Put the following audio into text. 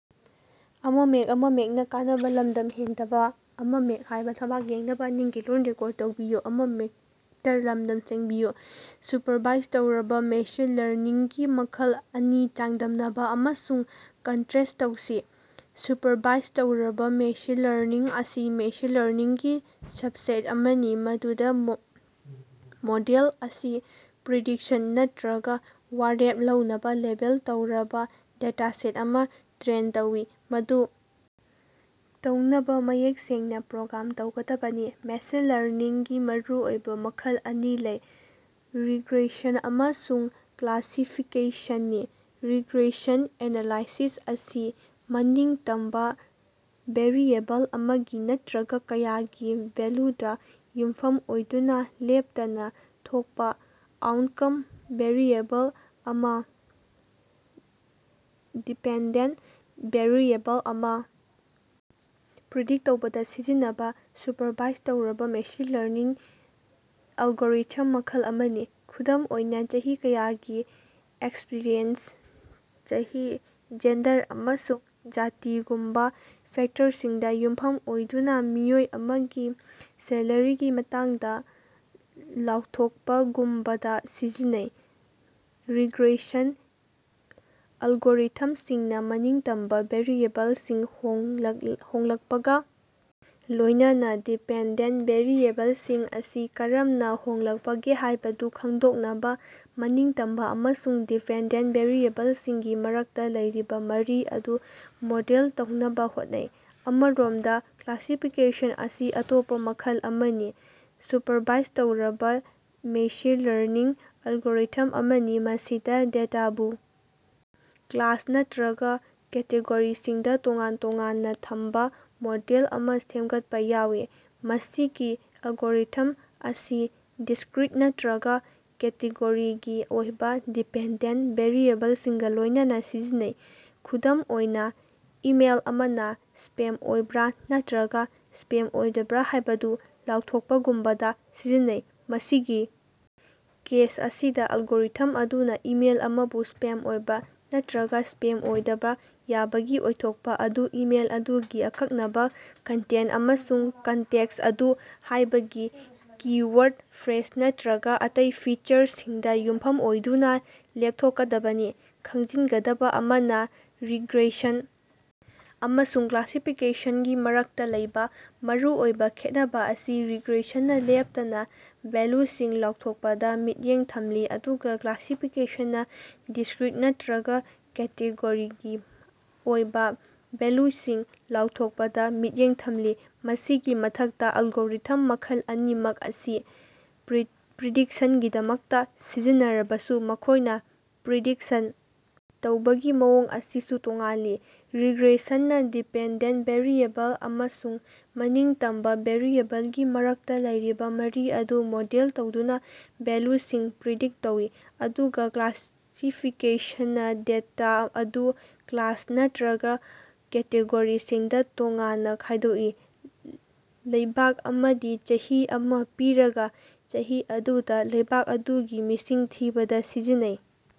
Supervise ꯇꯧꯔꯕꯥ machine ꯂꯔꯅꯤꯡꯒꯤ ꯃꯈꯜ ꯑꯅꯤ ꯆꯥꯡꯗꯝꯅꯕꯥ ꯑꯃꯁꯨꯡ ꯀꯟꯇ꯭ꯔꯦꯁ ꯇꯧꯁꯤ꯫ ꯁꯨꯄꯔꯚꯥꯏꯖ ꯇꯧꯔꯕꯥ ꯃꯦꯁꯤꯟ ꯂꯔꯅꯤꯡ ꯑꯁꯤ ꯃꯦꯁꯤꯟ ꯂꯔꯅꯤꯡꯒꯤ ꯁꯕꯁꯦꯠ ꯑꯃꯅꯤ ꯃꯗꯨꯗꯥ ꯃꯣꯗꯦꯜ ꯑꯁꯤ ꯄ꯭ꯔꯤꯗꯤꯛꯁꯟ ꯅꯠꯇ꯭ꯔꯒꯥ ꯋꯥꯔꯦꯞ ꯂꯧꯅꯕꯥ ꯂꯦꯕꯦꯜ ꯇꯧꯔꯕꯥ ꯗꯦꯇꯥꯁꯦꯠ ꯑꯃꯗꯥ ꯇ꯭ꯔꯦꯟ ꯇꯧꯏ, ꯃꯗꯨ ꯇꯧꯅꯕꯥ ꯃꯌꯦꯛ ꯁꯦꯡꯅꯥ ꯄ꯭ꯔꯣꯒ꯭ꯔꯥꯝ ꯇꯧꯒꯗꯕꯅꯤ꯫ ꯃꯦꯁꯤꯟ ꯂꯔꯅꯤꯡꯒꯤ ꯃꯔꯨꯑꯣꯏꯕꯥ ꯃꯈꯜ ꯑꯅꯤ ꯂꯩ: ꯔꯤꯒ꯭ꯔꯦꯁꯟ ꯑꯃꯁꯨꯡ ꯀ꯭ꯂꯥꯁꯤꯐꯤꯀꯦꯁꯟꯅꯤ꯫ ꯔꯤꯒ꯭ꯔꯦꯁꯟ ꯑꯦꯅꯥꯂꯥꯏꯁꯤꯁ ꯑꯁꯤ ꯃꯅꯤꯡꯇꯝꯕꯥ ꯚꯦꯔꯤꯑꯦꯕꯜ ꯑꯃꯒꯤ ꯅꯠꯇ꯭ꯔꯒꯥ ꯀꯌꯥꯒꯤ ꯚꯦꯜꯂꯨꯗꯥ ꯌꯨꯝꯐꯝ ꯑꯣꯏꯗꯨꯅꯥ ꯂꯦꯞꯇꯅꯥ ꯊꯣꯛꯄꯥ ꯑꯥꯎꯠꯀꯝ ꯚꯦꯔꯤꯑꯦꯕꯜ ꯑꯃꯥ ꯗꯤꯄꯦꯟꯗꯦꯟꯇ ꯚꯦꯔꯤꯑꯦꯕꯜ ꯑꯃꯥ ꯄ꯭ꯔꯤꯗꯤꯛꯇ ꯇꯧꯕꯗꯥ ꯁꯤꯖꯤꯟꯅꯕꯥ ꯁꯨꯄꯔꯚꯥꯏꯖ ꯇꯧꯔꯕꯥ ꯃꯦꯁꯤꯟ ꯂꯔꯅꯤꯡ ꯑꯦꯜꯒꯣꯔꯤꯊꯝ ꯃꯈꯜ ꯑꯃꯅꯤ꯫ ꯈꯨꯗꯝ ꯑꯣꯏꯅꯥ, ꯆꯍꯤ ꯀꯌꯥꯒꯤ ꯑꯦꯛꯁꯄꯤꯔꯤꯑꯦꯟꯁ, ꯆꯍꯤ, ꯖꯦꯟꯗꯔ ꯑꯃꯁꯨꯡ ꯖꯥꯇꯤꯒꯨꯝꯕꯥ ꯐꯦꯛꯇꯔꯁꯤꯡꯗꯥ ꯌꯨꯝꯐꯝ ꯑꯣꯏꯗꯨꯅꯥ ꯃꯤꯑꯣꯏ ꯑꯃꯒꯤ ꯁꯦꯂꯔꯤꯒꯤ ꯃꯇꯥꯡꯗꯥ ꯂꯥꯎꯊꯣꯛꯄꯥꯒꯨꯝꯕꯗꯥ ꯁꯤꯖꯤꯟꯅꯩ꯫ ꯔꯤꯒ꯭ꯔꯦꯁꯟ ꯑꯦꯜꯒꯣꯔꯤꯊꯝꯁꯤꯡꯅꯥ ꯃꯅꯤꯡꯇꯝꯕꯥ ꯚꯦꯔꯤꯑꯦꯕꯜꯁꯤꯡ ꯍꯣꯡꯂꯛꯄꯒꯥ ꯂꯣꯏꯅꯅꯥ ꯗꯤꯄꯦꯟꯗꯦꯟꯇ ꯚꯦꯔꯤꯑꯦꯕꯜꯁꯤꯡ ꯑꯁꯤ ꯀꯔꯝꯅꯥ ꯍꯣꯡꯂꯛꯄꯒꯦ ꯍꯥꯏꯕꯗꯨ ꯈꯪꯗꯣꯛꯅꯕꯥ ꯃꯅꯤꯡꯇꯝꯕꯥ ꯑꯃꯁꯨꯡ ꯗꯤꯄꯦꯟꯗꯦꯟꯇ ꯚꯦꯔꯤꯑꯦꯕꯜꯁꯤꯡꯒꯤ ꯃꯔꯛꯇꯥ ꯂꯩꯔꯤꯕꯥ ꯃꯔꯤ ꯑꯗꯨ ꯃꯣꯗꯦꯜ ꯇꯧꯅꯕꯥ ꯍꯣꯠꯅꯩ꯫ ꯑꯃꯔꯣꯝꯗꯥ ꯀ꯭ꯂꯥꯁꯤꯐꯤꯀꯦꯁꯟ ꯑꯁꯤ ꯑꯇꯣꯞꯄꯥ ꯃꯈꯜ ꯑꯃꯒꯤ ꯁꯨꯄꯔꯚꯥꯏꯖ ꯇꯧꯔꯕꯥ ꯃꯦꯁꯤꯟ ꯂꯔꯅꯤꯡ ꯑꯦꯜꯒꯣꯔꯤꯊꯝ ꯑꯃꯅꯤ ꯃꯁꯤꯗꯥ ꯗꯦꯇꯥꯕꯨ ꯀ꯭ꯂꯥꯁ ꯅꯠꯇ꯭ꯔꯒꯥ ꯀꯦꯇꯦꯒꯣꯔꯤꯁꯤꯡꯗꯥ ꯇꯣꯉꯥꯟꯅꯥ ꯊꯝꯕꯥ ꯃꯣꯗꯦꯜ ꯑꯃꯥ ꯁꯦꯝꯒꯠꯄꯥ ꯌꯥꯎꯏ꯫ ꯃꯁꯤꯒꯤ ꯑꯦꯜꯒꯣꯔꯤꯊꯝ ꯑꯁꯤ ꯗꯤꯁꯀ꯭ꯔꯤꯠ ꯅꯠꯇ꯭ꯔꯒꯥ ꯀꯦꯇꯦꯒꯣꯔꯤꯒꯤ ꯑꯣꯏꯕꯥ ꯗꯤꯄꯦꯟꯗꯦꯟꯇ ꯚꯦꯔꯤꯑꯦꯕꯜꯁꯤꯡꯒꯥ ꯂꯣꯏꯅꯅꯥ ꯁꯤꯖꯤꯟꯅꯩ꯫ ꯈꯨꯗꯝ ꯑꯣꯏꯅꯥ, ꯏꯃꯦꯜ ꯑꯃꯅꯥ ꯁ꯭ꯄꯦꯝ ꯑꯣꯏꯕ꯭ꯔꯥ ꯅꯠꯇ꯭ꯔꯒꯥ ꯁ꯭ꯄꯦꯝ ꯑꯣꯏꯗꯕ꯭ꯔꯥ ꯍꯥꯏꯕꯗꯨ ꯂꯥꯎꯊꯣꯛꯄꯥꯒꯨꯝꯕꯗꯥ ꯁꯤꯖꯤꯟꯅꯩ꯫ ꯃꯁꯤꯒꯤ ꯀꯦꯁ ꯑꯁꯤꯗꯥ, ꯑꯦꯜꯒꯣꯔꯤꯊꯝ ꯑꯗꯨꯅꯥ ꯏꯃꯦꯜ ꯑꯃꯕꯨ ꯁ꯭ꯄꯦꯝ ꯑꯣꯏꯕꯥ ꯅꯠꯇ꯭ꯔꯒꯥ ꯁ꯭ꯄꯦꯝ ꯑꯣꯏꯗꯕꯥ ꯌꯥꯕꯒꯤ ꯑꯣꯏꯊꯣꯛꯄꯥ ꯑꯗꯨ ꯏꯃꯦꯜ ꯑꯗꯨꯒꯤ ꯑꯀꯛꯅꯕꯥ ꯀꯟꯇꯦꯟꯇ ꯑꯃꯁꯨꯡ ꯀꯟꯇꯦꯛꯁ ꯑꯗꯨ ꯍꯥꯏꯕꯗꯤ ꯀꯤ-ꯋꯥꯔꯗ, ꯐ꯭ꯔꯦꯖ ꯅꯠꯇ꯭ꯔꯒꯥ ꯑꯇꯩ ꯐꯤꯆꯔꯁꯤꯡꯗꯥ ꯌꯨꯝꯐꯝ ꯑꯣꯏꯗꯨꯅꯥ ꯂꯦꯞꯊꯣꯛꯀꯗꯕꯅꯤ꯫ ꯈꯪꯖꯤꯟꯒꯗꯕꯥ ꯑꯃꯅꯥ, ꯔꯤꯒ꯭ꯔꯦꯁꯟ ꯑꯃꯁꯨꯡ ꯀ꯭ꯂꯥꯁꯤꯐꯤꯀꯦꯁꯟꯒꯤ ꯃꯔꯛꯇꯥ ꯂꯩꯕꯥ ꯃꯔꯨꯑꯣꯏꯕꯥ ꯈꯦꯠꯅꯕꯥ ꯑꯁꯤ ꯔꯤꯒ꯭ꯔꯦꯁꯟꯅꯥ ꯂꯦꯞꯇꯅꯥ ꯚꯦꯜꯂꯨꯁꯤꯡ ꯂꯥꯎꯊꯣꯛꯄꯗꯥ ꯃꯤꯠꯌꯦꯡ ꯊꯝꯂꯤ ꯑꯗꯨꯒꯥ ꯀ꯭ꯂꯥꯁꯤꯐꯤꯀꯦꯁꯟꯅꯥ ꯗꯤꯁꯀ꯭ꯔꯤꯠ ꯅꯠꯇ꯭ꯔꯒꯥ ꯀꯦꯇꯦꯒꯣꯔꯤꯒꯤ ꯑꯣꯏꯕꯥ ꯚꯦꯜꯂꯨꯁꯤꯡ ꯂꯥꯎꯊꯣꯛꯄꯗꯥ ꯃꯤꯠꯌꯦꯡ ꯊꯝꯂꯤ꯫ ꯃꯁꯤꯒꯤ ꯃꯊꯛꯇꯥ, ꯑꯦꯜꯒꯣꯔꯤꯊꯝ ꯃꯈꯜ ꯑꯅꯤꯃꯛ ꯑꯁꯤ ꯄ꯭ꯔꯤꯗꯤꯛꯁꯟꯒꯤꯗꯃꯛꯇꯥ ꯁꯤꯖꯤꯟꯅꯔꯕꯁꯨ, ꯃꯈꯣꯏꯅꯥ ꯄ꯭ꯔꯤꯗꯤꯛꯁꯟ ꯇꯧꯕꯒꯤ ꯃꯑꯣꯡ ꯑꯁꯤꯁꯨ ꯇꯣꯉꯥꯜꯂꯤ; ꯔꯤꯒ꯭ꯔꯦꯁꯟꯅꯥ ꯗꯤꯄꯦꯟꯗꯦꯟꯇ ꯚꯦꯔꯤꯑꯦꯕꯜ ꯑꯃꯁꯨꯡ ꯃꯅꯤꯡꯇꯝꯕꯥ ꯚꯦꯔꯤꯑꯦꯕꯜꯒꯤ ꯃꯔꯛꯇꯥ ꯂꯩꯔꯤꯕꯥ ꯃꯔꯤ ꯑꯗꯨ ꯃꯣꯗꯦꯜ ꯇꯧꯗꯨꯅꯥ ꯚꯦꯜꯂꯨꯁꯤꯡ ꯄ꯭ꯔꯤꯗꯤꯛꯇ ꯇꯧꯏ, ꯑꯗꯨꯒꯥ ꯀ꯭ꯂꯥꯁꯤꯐꯤꯀꯦꯁꯟꯅꯥ ꯗꯦꯇꯥ ꯑꯗꯨ ꯀ꯭ꯂꯥꯁ ꯅꯠꯇꯔꯒꯥ ꯀꯦꯇꯦꯒꯣꯔꯤꯁꯤꯡꯗꯥ ꯇꯣꯉꯥꯟꯅꯥ ꯈꯥꯏꯗꯣꯛꯏ꯫ ꯂꯩꯕꯥꯛ ꯑꯃꯗꯤ ꯆꯍꯤ ꯑꯃꯥ ꯄꯤꯔꯒꯥ, ꯆꯍꯤ ꯑꯗꯨꯗꯥ ꯂꯩꯕꯥꯛ ꯑꯗꯨꯒꯤ ꯃꯤꯁꯤꯡ ꯊꯤꯕꯗ ꯁꯤꯖꯤꯟꯅꯩ꯫